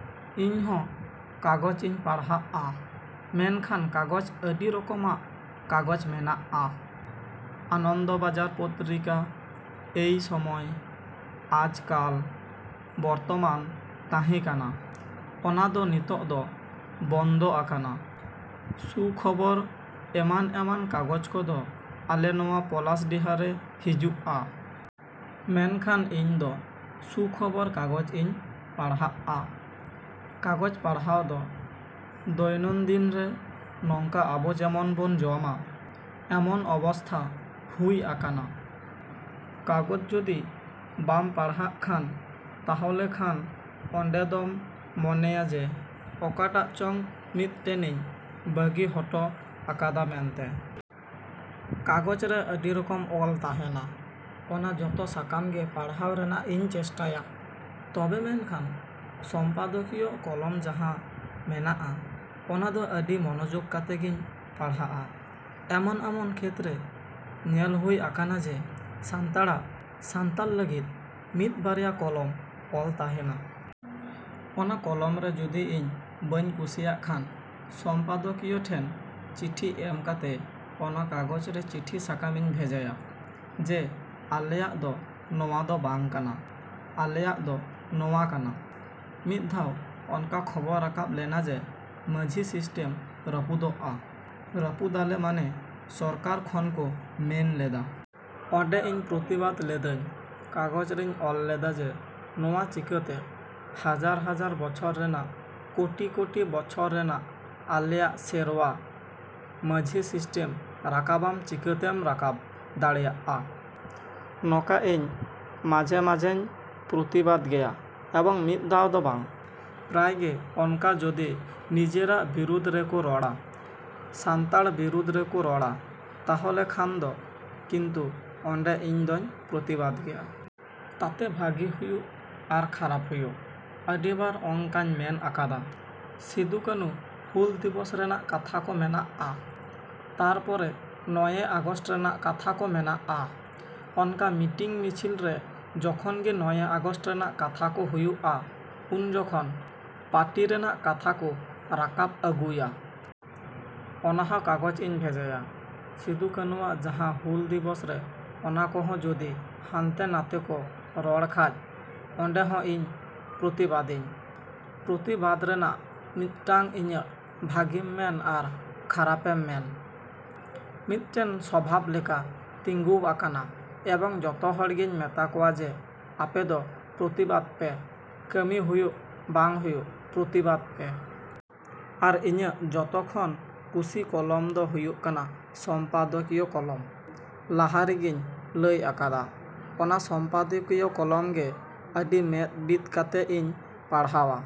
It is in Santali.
‎᱾ ᱤᱧ ᱦᱚᱸ ᱠᱟᱜᱚᱡᱽ ᱤᱧ ᱯᱟᱲᱦᱟᱜᱼᱟ, ᱢᱮᱱᱠᱷᱟᱱ ᱠᱟᱜᱚᱡᱽ ᱟᱹᱰᱤ ᱨᱚᱠᱚᱢᱟᱜ ᱠᱟᱜᱚᱡᱽ ᱢᱮᱱᱟᱜᱼᱟ᱾ ᱟᱱᱚᱱᱫᱚᱵᱟᱡᱟᱨ ᱯᱚᱛᱨᱤᱠᱟ, ᱮᱭ ᱥᱚᱢᱚᱭ, ᱟᱡᱽᱠᱟᱞ, ᱵᱚᱨᱛᱚᱢᱟᱱ ᱛᱟᱦᱮᱸ ᱠᱟᱱᱟ, ᱚᱱᱟ ᱫᱚ ᱱᱤᱛᱚᱜ ᱫᱚ ᱵᱚᱱᱫᱚ ᱟᱠᱟᱱᱟ, ᱥᱩᱠᱷᱚᱵᱚᱨ ᱮᱢᱟᱱ ᱮᱢᱟᱱ ᱠᱟᱜᱚᱡᱽ ᱠᱚᱫᱚ ᱟᱞᱮ ᱱᱚᱣᱟ ᱯᱚᱞᱟᱥᱰᱤᱦᱟ ᱨᱮ ᱦᱤᱡᱩᱜᱼᱟ᱾ ᱢᱮᱱᱠᱷᱟᱱ ᱤᱧ ᱫᱚ ᱥᱩᱠᱷᱚᱵᱚᱨ ᱠᱟᱜᱚᱡᱽ ᱤᱧ ᱯᱟᱲᱦᱟᱜᱼᱟ᱾ ᱠᱟᱜᱚᱡᱽ ᱯᱟᱲᱦᱟᱣ ᱫᱚ ᱫᱚᱭᱱᱚᱱᱫᱤᱱ ᱨᱮ ᱱᱚᱝᱠᱟ ᱟᱵᱚ ᱡᱮᱢᱚᱱ ᱵᱚᱱ ᱡᱚᱢᱟ, ᱮᱢᱚᱱ ᱚᱵᱚᱥᱛᱷᱟ ᱦᱩᱭ ᱟᱠᱟᱱᱟ᱾ ᱠᱟᱜᱚᱡᱽ ᱡᱚᱫᱤ ᱵᱟᱢ ᱯᱟᱲᱦᱟᱜ ᱠᱷᱟᱱ ᱛᱟᱦᱚᱞᱮ ᱠᱷᱟᱱ ᱚᱸᱰᱮ ᱫᱚᱢ ᱢᱚᱱᱮᱭᱟ ᱡᱮ ᱚᱠᱟᱴᱟᱜ ᱪᱚᱝ ᱢᱤᱫᱴᱮᱱᱤᱧ ᱵᱟᱹᱜᱤ ᱦᱚᱴᱚ ᱟᱠᱟᱫᱟ ᱢᱮᱱᱛᱮ᱾ ᱠᱟᱜᱚᱡᱽ ᱨᱮ ᱟᱹᱰᱤ ᱨᱚᱠᱚᱢ ᱚᱞ ᱛᱟᱦᱮᱱᱟ, ᱚᱱᱟ ᱡᱚᱛᱚ ᱥᱟᱠᱟᱢ ᱜᱮ ᱯᱟᱲᱦᱟᱣ ᱨᱮᱱᱟᱜ ᱤᱧ ᱪᱮᱥᱴᱟᱭᱟ᱾ ᱛᱚᱵᱮ ᱢᱮᱱᱠᱷᱟᱱ ᱥᱚᱢᱯᱟᱫᱚᱠᱤᱭᱚ ᱠᱚᱞᱚᱢ ᱡᱟᱦᱟᱸ ᱢᱮᱱᱟᱜᱼᱟ ᱚᱱᱟ ᱫᱚ ᱟᱹᱰᱤ ᱢᱚᱱᱚᱡᱳᱜᱽ ᱠᱟᱛᱮ ᱜᱤᱧ ᱯᱟᱲᱦᱟᱜᱼᱟ᱾ ᱮᱢᱚᱱ ᱮᱢᱚᱱ ᱠᱷᱮᱛᱨᱮ ᱧᱮᱞ ᱦᱩᱭ ᱟᱠᱟᱱᱟ ᱡᱮ ᱥᱟᱱᱛᱟᱲᱟᱜ, ᱥᱟᱱᱛᱟᱞ ᱞᱟᱹᱜᱤᱫ ᱢᱤᱫ ᱵᱟᱨᱭᱟ ᱠᱚᱞᱚᱢ ᱚᱞ ᱛᱟᱦᱮᱱᱟ᱾ ᱚᱱᱟ ᱠᱚᱞᱚᱢ ᱨᱮ ᱡᱚᱫᱤ ᱤᱧ ᱵᱟᱹᱧ ᱠᱩᱥᱤᱭᱟᱜ ᱠᱷᱟᱱ ᱥᱚᱢᱯᱟᱫᱚᱠᱤᱭᱚ ᱴᱷᱮᱱ ᱪᱤᱴᱷᱤ ᱮᱢ ᱠᱟᱛᱮ ᱚᱱᱟ ᱠᱟᱜᱚᱡᱽ ᱨᱮ ᱪᱤᱴᱷᱤ ᱥᱟᱠᱟᱢᱤᱧ ᱵᱷᱮᱡᱟᱭᱟ ᱡᱮ ᱟᱞᱮᱭᱟᱜ ᱫᱚ ᱱᱚᱣᱟ ᱫᱚ ᱵᱟᱝ ᱠᱟᱱᱟ, ᱟᱞᱮᱭᱟᱜ ᱫᱚ ᱱᱚᱣᱟ ᱠᱟᱱᱟ᱾ ᱢᱤᱫ ᱫᱷᱟᱣ ᱚᱱᱠᱟ ᱠᱷᱚᱵᱚᱨ ᱨᱟᱠᱟᱵ ᱞᱮᱱᱟ ᱡᱮ ᱢᱟᱹᱡᱷᱤ ᱥᱤᱥᱴᱮᱢ ᱨᱟᱹᱯᱩᱫᱚᱜᱼᱟ, ᱨᱟᱹᱯᱩᱫᱟᱞᱮ ᱢᱟᱱᱮ ᱥᱚᱨᱠᱟᱨ ᱠᱷᱚᱱ ᱠᱚ ᱢᱮᱱ ᱞᱮᱫᱟ᱾ ᱚᱸᱰᱮ ᱤᱧ ᱯᱨᱚᱛᱤᱵᱟᱫᱽ ᱞᱮᱫᱟᱹᱧ, ᱠᱟᱜᱚᱡᱽ ᱨᱤᱧ ᱚᱞ ᱞᱮᱫᱟ ᱡᱮ ᱱᱚᱣᱟ ᱪᱤᱠᱟᱹᱛᱮ? ᱦᱟᱡᱟᱨ ᱦᱟᱡᱟᱨ ᱵᱚᱪᱷᱚᱨ ᱨᱮᱱᱟᱜ, ᱠᱳᱴᱤ ᱠᱳᱴᱤ ᱵᱚᱪᱷᱚᱨ ᱨᱮᱱᱟᱜ ᱟᱞᱮᱭᱟᱜ ᱥᱮᱨᱣᱟ ᱢᱟᱹᱡᱷᱤ ᱥᱤᱥᱴᱮᱢ ᱨᱟᱠᱟᱵᱟᱢ ᱪᱤᱠᱟᱹᱛᱮᱢ ᱨᱟᱠᱟᱵ ᱫᱟᱲᱮᱭᱟᱜᱼᱟ? ᱱᱚᱝᱠᱟ ᱤᱧ ᱢᱟᱡᱮ ᱢᱟᱡᱮᱧ ᱯᱨᱚᱛᱤᱵᱟᱫᱽ ᱜᱮᱭᱟ ᱮᱵᱚᱝ ᱢᱤᱫ ᱫᱷᱟᱣ ᱫᱚ ᱵᱟᱝ, ᱯᱨᱟᱭ ᱜᱮ ᱚᱱᱠᱟ ᱡᱚᱫᱤ ᱱᱤᱡᱮᱨᱟᱜ ᱵᱤᱨᱩᱫᱽ ᱨᱮᱠᱚ ᱨᱚᱲᱟ, ᱥᱟᱱᱛᱟᱲ ᱵᱤᱨᱩᱫᱽ ᱨᱮᱠᱚ ᱨᱚᱲᱟ ᱛᱟᱦᱚᱞᱮ ᱠᱷᱟᱱ ᱫᱚ ᱠᱤᱱᱛᱩ ᱚᱸᱰᱮ ᱤᱧ ᱫᱚᱧ ᱯᱨᱚᱛᱤᱵᱟᱫᱽ ᱜᱮᱭᱟ᱾ ᱛᱟᱛᱮ ᱵᱷᱟᱹᱜᱤ ᱦᱩᱭᱩᱜ ᱟᱨ ᱠᱷᱟᱨᱟᱯ ᱦᱩᱭᱩᱜ᱾ ᱟᱹᱰᱤ ᱵᱟᱨ ᱚᱱᱠᱟᱧ ᱢᱮᱱ ᱟᱠᱟᱫᱟ᱾ ᱥᱤᱫᱩ ᱠᱟᱱᱩ ᱦᱩᱞ ᱫᱤᱵᱚᱥ ᱨᱮᱱᱟᱜ ᱠᱟᱛᱷᱟ ᱠᱚ ᱢᱮᱱᱟᱜᱼᱟ, ᱛᱟᱨᱯᱚᱨᱮ ᱱᱚᱭᱮ ᱟᱜᱚᱥᱴ ᱨᱮᱱᱟᱜ ᱠᱟᱛᱷᱟ ᱠᱚ ᱢᱮᱱᱟᱜᱼᱟ᱾ ᱚᱱᱟᱠᱚ ᱢᱤᱴᱤᱝ ᱢᱤᱪᱷᱤᱞ ᱨᱮ ᱡᱚᱠᱷᱚᱱ ᱜᱮ ᱱᱚᱭᱮ ᱟᱜᱚᱥᱴ ᱨᱮᱱᱟᱜ ᱠᱟᱛᱷᱟ ᱦᱩᱭᱩᱜᱼᱟ, ᱩᱱ ᱡᱚᱠᱷᱚᱱ ᱯᱟᱴᱤ ᱨᱮᱱᱟᱜ ᱠᱟᱛᱷᱟ ᱠᱚ ᱨᱟᱠᱟᱵ ᱟᱹᱜᱩᱭᱟ᱾ ᱚᱱᱟ ᱦᱚᱸ ᱠᱟᱜᱚᱡᱽ ᱤᱧ ᱵᱷᱮᱡᱟᱭᱟ᱾ ᱥᱤᱫᱩ ᱠᱟᱱᱩᱣᱟᱜ ᱡᱟᱦᱟᱸ ᱦᱩᱞ ᱫᱤᱵᱚᱥ ᱨᱮ ᱚᱱᱟ ᱠᱚᱦᱚ ᱡᱚᱫᱤ ᱦᱟᱱᱛᱮ ᱱᱟᱛᱮ ᱠᱚ ᱨᱚᱲ ᱠᱷᱟᱡ ᱚᱸᱰᱮ ᱦᱚᱸ ᱤᱧ ᱯᱨᱚᱛᱤᱵᱟᱫᱤᱧ᱾ ᱯᱨᱚᱛᱤᱵᱟᱫᱽ ᱨᱮᱱᱟᱜ ᱢᱤᱫᱴᱟᱝ ᱤᱧᱟᱹᱜ ᱵᱷᱟᱹᱜᱤᱢ ᱢᱮᱱ ᱟᱨ ᱠᱷᱟᱨᱟᱯᱮᱢ ᱢᱮᱱ, ᱢᱤᱫᱴᱮᱱ ᱥᱚᱵᱷᱟᱵᱽ ᱞᱮᱠᱟ ᱛᱤᱸᱜᱩᱣ ᱟᱠᱟᱱᱟ ᱮᱵᱚᱝ ᱡᱚᱛᱚ ᱦᱚᱲ ᱜᱤᱧ ᱢᱮᱛᱟ ᱠᱚᱣᱟ ᱡᱮ ᱟᱯᱮ ᱫᱚ ᱯᱨᱚᱛᱤᱵᱟᱫᱽ ᱯᱮ, ᱠᱟᱹᱢᱤ ᱦᱩᱭᱩᱜ ᱵᱟᱝ ᱦᱩᱭᱩᱜ ᱯᱨᱚᱛᱤᱵᱟᱫᱽ ᱯᱮ᱾ ᱟᱨ ᱤᱧᱟᱹᱜ ᱡᱚᱛᱚ ᱠᱷᱚᱱ ᱠᱩᱥᱤ ᱠᱚᱞᱚᱢ ᱫᱚ ᱦᱩᱭᱩᱜ ᱠᱟᱱᱟ ᱥᱚᱢᱯᱟᱫᱚᱠᱤᱭᱚ ᱠᱚᱞᱚᱢ, ᱞᱟᱦᱟ ᱨᱮᱜᱤᱧ ᱞᱟᱹᱭ ᱟᱠᱟᱫᱟ᱾ ᱚᱱᱟ ᱥᱚᱢᱯᱟᱫᱚᱠᱤᱭᱚ ᱠᱚᱞᱚᱢ ᱜᱮ ᱟᱹᱰᱤ ᱢᱮᱫ ᱵᱤᱫ ᱠᱟᱛᱮ ᱤᱧ ᱯᱟᱲᱦᱟᱣᱟ᱾।